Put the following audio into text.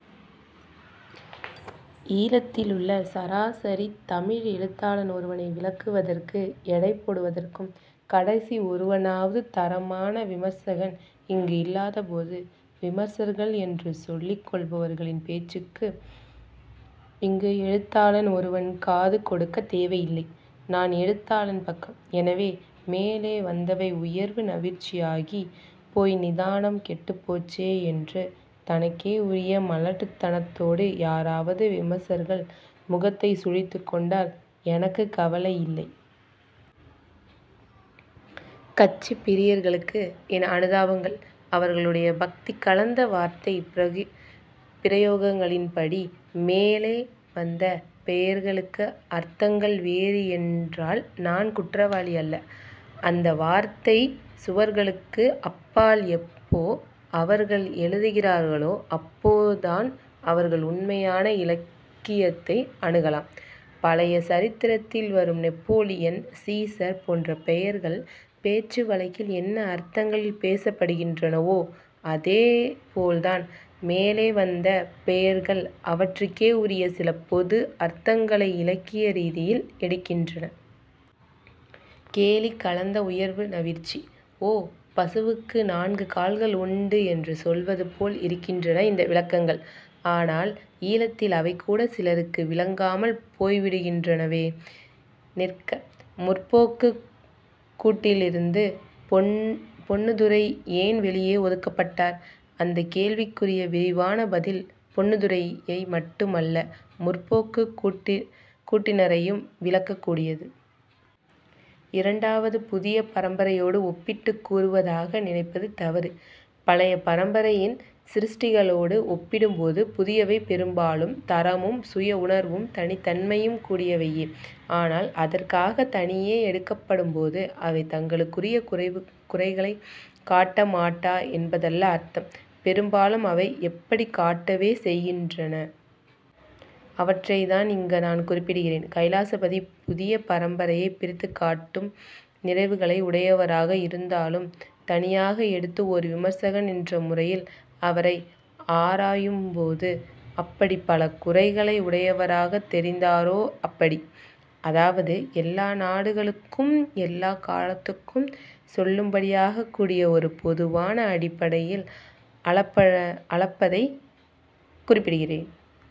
ஈழத்திலுள்ள சராசரித் தமிழ் எழுத்தாளன் ஒருவனை விளக்குவதற்கும் எடைபோடுவதற்கும் கடைசி ஒருவனாவது தரமான விமர்சகன் இங்கு இல்லாதபோது விமர்சகர்கள் என்று சொல்லிக்கொள்பவர்களின் பேச்சுக்கு இங்கு எழுத்தாளன் ஒருவன் காது கொடுக்கத் தேவையில்லை. நான் எழுத்தாளன் பக்கம். எனவே, மேலே வந்தவை உயர்வு நவிற்சியாகிப் போய் நிதானம் கெட்டுப் போச்சே என்று தனக்கே உரிய மலட்டுத்தனத்தோடு யாராவது விமர்சகர் முகத்தைச் சுளித்துக்கொண்டால் எனக்குக் கவலை இல்லை. கட்சிப் பிரியர்களுக்கு என் அனுதாபங்கள். அவர்களுடைய பக்தி கலந்த வார்த்தைப் பிரயோகங்களின்படி மேலே வந்த பெயர்களுக்கு அர்த்தங்கள் வேறு என்றால் நான் குற்றவாளி அல்ல. அந்த வார்த்தைச் சுவர்களுக்கு அப்பால் எப்போ அவர்கள் எழுதுகிறார்களோ அப்போதான் அவர்கள் உண்மையாக இலக்கியத்தை அணுகலாம். பழைய சரித்திரத்தில் வரும் நெப்போலியன், சீசர் போன்ற பெயர்கள் பேச்சுவழக்கில் என்ன அர்த்தங்களில் பேசப்படுகின்றனவோ அதேபோல் தான் மேலே வந்த பெயர்கள் அவற்றுக்கே உரிய சில பொது அர்த்தங்களை இலக்கிய ரீதியில் எடுக்கின்றன. கேலி கலந்த உயர்வு நவிற்சி. ஓ, பசுவுக்கு நான்கு கால்கள் உண்டு என்று சொல்வதுபோல் இருக்கின்றன இந்த விளக்கங்கள்.. ஆனால் ஈழத்தில் அவைகூட சிலருக்கு விளங்காமல் போய்விடுகின்றனவே. நிற்க, 'முற்போக்கு'க் கூட்டிலிருந்து பொன்னுத்துரை ஏன் வெளியே ஒதுக்கப்பட்டார்? அந்தக் கேள்விக்குரிய விரிவான பதில் பொன்னுத்துரையை மட்டுமல்ல 'முற்போக்கு'க் கூட்டினரையும் விளக்கக் கூடியது. இரண்டாவது, புதிய பரம்பரையோடு ஒப்பிட்டுக் கூறுவதாக நினைப்பது தவறு. பழைய பரம்பரையின் சிருஷ்டிகளோடு ஒப்பிடும்போது புதியவை பெரும்பாலும் தரமும் சுயஉணர்வும் தனித்தன்மையும் கூடியவையே. ஆனால் அதற்காக, தனியே எடுக்கப்படும்போது அவை தங்களுக்குரிய குறைகளைக் காட்ட மாட்டா என்பதல்ல அர்த்தம். பெரும்பாலும் அவை எப்படிக் காட்டவே செய்கின்றன. அவற்றைத்தான் இங்க நான் குறிப்பிடுகிறேன். கைலாசபதி புதிய பரம்பரையைப் பிரித்துக் காட்டும் நிறைவுகளை உடையவராக இருந்தாலும் தனியாக எடுத்து ஒர் விமர்சகன் என்ற முறையில் அவரை ஆராயும் போது அப்படிப் பல குறைகளை உடையவராகத் தெரிந்தாரோ அப்படி. அதாவது எல்லா நாடுகளுக்கும் எல்லாக் காலத்துக்கும் சொல்லுபடியாகக் கூடிய ஒரு பொதுவான அடிப்படையில் அளப்பதைக் குறிப்பிடுகிறேன்.